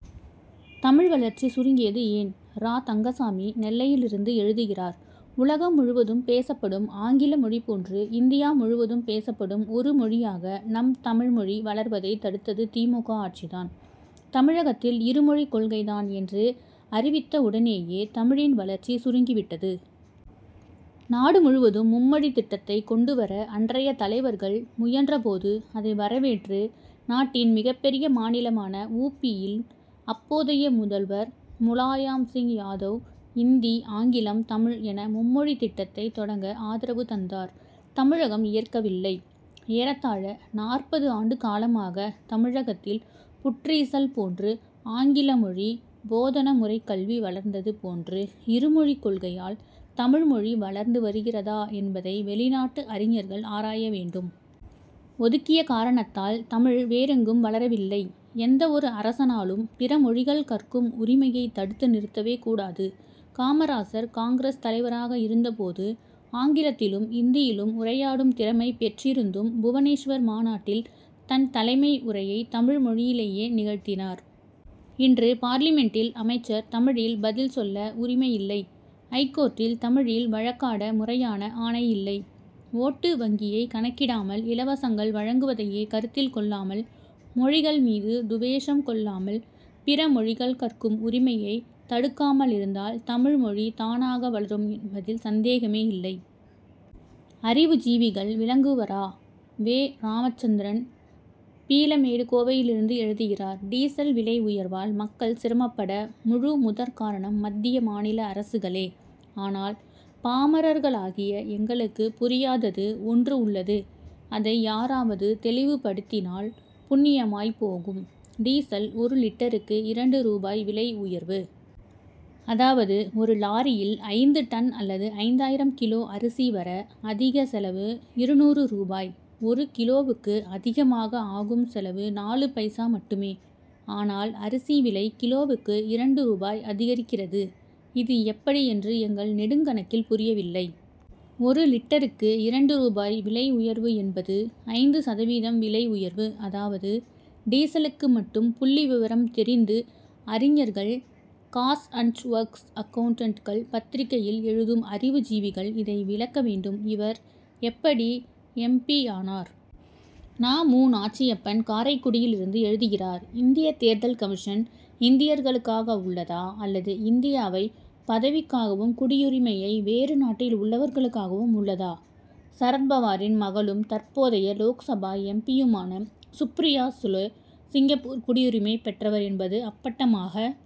தமிழ் வளர்ச்சி சுருங்கியது ஏன்? ரா. தங்கசாமி, நெல்லையிலிருந்து எழுதுகிறார் உலகம் முழுவதும் பேசப்படும் ஆங்கில மொழி போன்று, இந்தியா முழுவதும் பேசப்படும் ஒரு மொழியாக நம் தமிழ்மொழி வளர்வதை தடுத்தது தி. மு. க., ஆட்சி தான். தமிழகத்தில் இருமொழி கொள்கை தான் என்று அறிவித்தவுடனேயே, தமிழின் வளர்ச்சி சுருங்கி விட்டது. நாடு முழுவதும் மும்மொழித் திட்டத்தை கொண்டு வர அன்றைய தலைவர்கள் முயன்றபோது, அதை வரவேற்று, நாட்டின் மிகப்பெரிய மாநிலமான உ. பி.,யின் அப்போதைய முதல்வர் முலாயம் சிங் யாதவ், இந்தி, ஆங்கிலம், தமிழ் என மும்மொழி திட்டத்தை தொடங்க ஆதரவு தந்தார். தமிழகம் ஏற்கவில்லை. ஏறத்தாழ நாற்பது ஆண்டு காலமாக, தமிழகத்தில் புற்றீசல் போன்று ஆங்கில மொழி போதனா முறைக்கல்வி வளர்ந்தது போன்று, இருமொழிக் கொள்கையால் தமிழ் மொழி வளர்ந்து வந்திருக்கிறதா என்பதை, வெளிநாட்டு அறிஞர்கள் ஆராய வேண்டும். ஒதுக்கிய காரணத்தால், தமிழ் வேறெங்கும் வளரவில்லை. எந்த ஒரு அரசானாலும், பிற மொழிகள் கற்கும் உரிமையை தடுத்து நிறுத்தவே கூடாது. காமராஜர், காங்கிரஸ் தலைவராக இருந்த போது, ஆங்கிலத்திலும், இந்தியிலும் உரையாடும் திறமை பெற்றிருந்தும், புவனேஸ்வர் மாநாட்டில் தன் தலைமை உரையை, தமிழ் மொழியிலேயே நிகழ்த்தினார். இன்று பார்லிமென்டில் அமைச்சர் தமிழில் பதில் சொல்ல உரிமையில்லை. ஐகோர்ட்டில் தமிழில் வழக்காட முறையான ஆணை இல்லை. ஓட்டு வங்கியை கணக்கிடாமல், இலவசங்கள் வழங்குவதையே கருத்தில் கொள்ளாமல், மொழிகள் மீது துவேஷம் கொள்ளாமல், பிற மொ ழிகள் கற்கும் உரிமையை தடுக்காமலிருந்தால், தமிழ்மொழி தானாக வளரும் என்பதில் சந்தேகமே இல்லை. அறிவு ஜீவிகள் விளக்குவரா? வே. ராமச்சந்திரன், பீளமேடு, கோவையிலிருந்து எழுதுகிறார் டீசல் விலை உயர்வால் மக்கள் சிரமப்பட முழு முதற்காரணம் மத்திய, மாநில அரசுகளே! ஆனால், பாமரர்களாகிய எங்களுக்கு புரியாதது ஒன்று உள்ளது. அதை யாராவது தெளிவுபடுத்தினால் புண்ணியமாய் போகும். டீசல் ஒரு லிட்டருக்கு, இரண்டு ரூபாய் விலை உயர்வு. அதாவது, ஒரு லாரியில் ஐந்து டன் அல்லது ஐந்தாயிரம் கிலோ அரிசி வர, அதிக செலவு இருநூறு ரூபாய். ஒரு கிலோவுக்கு அதிகமாக ஆகும் செலவு, நாலு பைசா மட்டுமே! ஆனால், அரிசி விலை, கிலோவுக்கு இரண்டு ரூபாய் அதிகரிக்கிறது. இது எப்படி என்று எங்கள் நெடுங்கணக்கில் புரியவில்லை. ஒரு லிட்டருக்கு இரண்டு ரூபாய் விலை உயர்வு என்பது, ஐந்து சதவீதம் விலை உயர்வு. அதாவது, டீசலுக்கு மட்டும். புள்ளி விவரம் தெரிந்த அறிஞர்கள், காஸ்ட் அண்ட் ஒர்க்ஸ் அக்கவுன்டன்டுகள், பத்திரிகையில் எழுதும் அறிவு ஜீவிகள் இதை விளக்க வேண்டும். இவர் எப்படி எம். பி.,யானார்? நா. மு. நாச்சியப்பன், காரைக்குடியிலிருந்து எழுதுகிறார் இந்தியத் தேர்தல் கமிஷன், இந்தியர்களுக்காக உள் ளதா அல்லது இந்தியாவைப் பதவிக்காகவும், குடியுரிமை யை வேறு நாட்டில் உள் ளவருக்காகவும் உள்ளதா? சரத்பவாரின் மகளும், தற்போதைய Lok Sabha M. B., யுமான Supriya Sule, Singapore குடியுரிமை பெற்றவர் என்பது அப்பட்டமாக